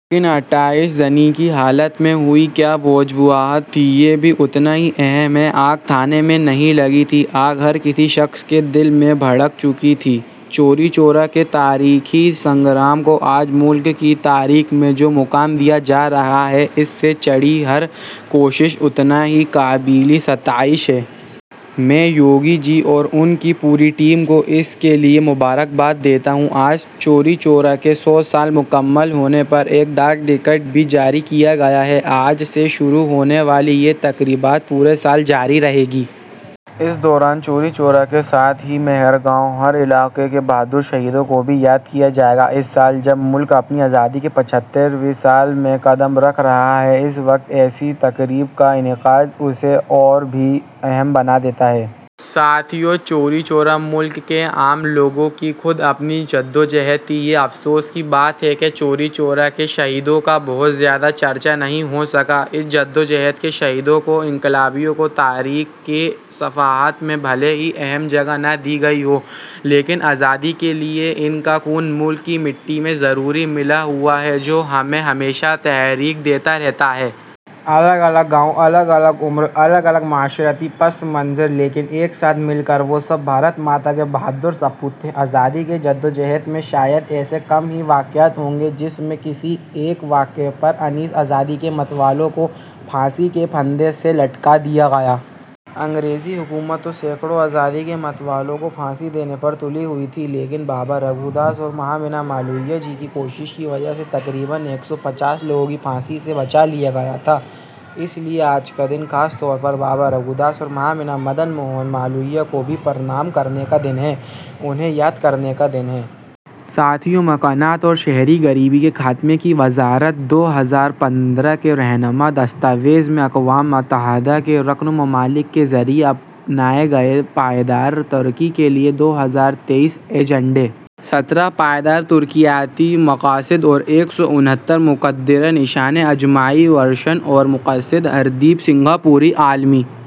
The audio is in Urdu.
لیکن آتش زنی کی حالت میں ہوئی، کیا وجوہات تھیں، یہ بھی اتنا ہی اہم ہے۔ آگ تھانے میں نہیں لگی تھی، آگ ہر ایک شخص کے دل میں بھڑک چکی تھی۔ چوری چورا کے تاریخی سنگرام کو آج ملک کی تاریخ میں جو مقام دیا جا رہا ہے، اس سے جڑی ہر کوشش انتہائی قابلِ ستائش ہے۔ میں یوگی جی اور ان کی پوری ٹیم کو اس کے لیے مبارکباد دیتا ہوں۔ آج چوری چورا کے سو سال مکمل ہونے پر ایک ڈاک ٹکٹ بھی جاری کیا گیا ہے۔ آج سے شروع ہونے والی یہ تقریبات پورے سال جاری رہیں گی۔ اس دوران چوری چورا کے ساتھ ہی مہر گاؤں، ہر علاقے کے بہادر شہیدوں کو بھی یاد کیا جائے گا۔ اس سال جب ملک اپنی آزادی کے پچھتر ویں سال میں قدم رکھ رہا ہے، اس وقت ایسی تقریب کا انعقاد اسے اور بھی اہم بنا دیتا ہے۔ ساتھیو! چوری چورا ملک کے عام لوگوں کی خود اپنی جدوجہد تھی۔ یہ افسوس کی بات ہے کہ چوری چورا کے شہیدوں کا بہت زیادہ چرچا نہیں ہو سکا۔ اس جدوجہد کے شہیدوں کو، انقلابیوں کو تاریخ کے صفحات میں بھلے ہی اہم جگہ نہ دی گئی ہو، لیکن آزادی کے لیے ان کا خون ملک کی مٹی میں ضروری ملا ہوا ہے، جو ہمیں ہمیشہ تحریک دیتا رہتا ہے۔ الگ الگ گاؤں، الگ الگ عمر، الگ الگ معاشرتی پس منظر، لیکن ایک ساتھ مل کر وہ سب بھارت ماتا کے بہادر سپوت تھے۔ آزادی کی جدوجہد میں شاید ایسے کم ہی واقعات ہوں گے، جس میں کسی ایک واقعے پر انیس آزادی کے متوالوں کو پھانسی کے پھندے سے لٹکا دیا گیا۔ انگریزی حکومت تو سیکڑوں آزادی کے متوالوں کو پھانسی دینے پر تلی ہوئی تھی۔ لیکن بابا راگھوداس اور مہامنا مالویہ جی کی کوششوں کی وجہ سے تقریباً ایک سو پچاس لوگوں کو پھانسی سے بچا لیا گیا تھا، اس لیے آج کا دن خاص طور سے بابا راگھوداس اور مہامنا مدن موہن مالویہ کو بھی پرنام کرنے کا دن ہے، انہیں یاد کرنے کا دن ہے۔ ساتھیو! مکانات اور شہری غریبی کے خاتمے کی وزارت، دو ہزار پندرہ کے رہنما دستاویز میں اقوام متحدہ کے رکن ممالک کے ذریعہ اپنائے گئے پائیدار ترقی کے لیے دو ہزار تیس ایجنڈے، سترہ پائیدار ترقیاتی مقاصد اور ایک سو انہتر مقررہ نشانے، اجتماعی وژن اور مقصد: ہردیپ سنگھ پوری عالمی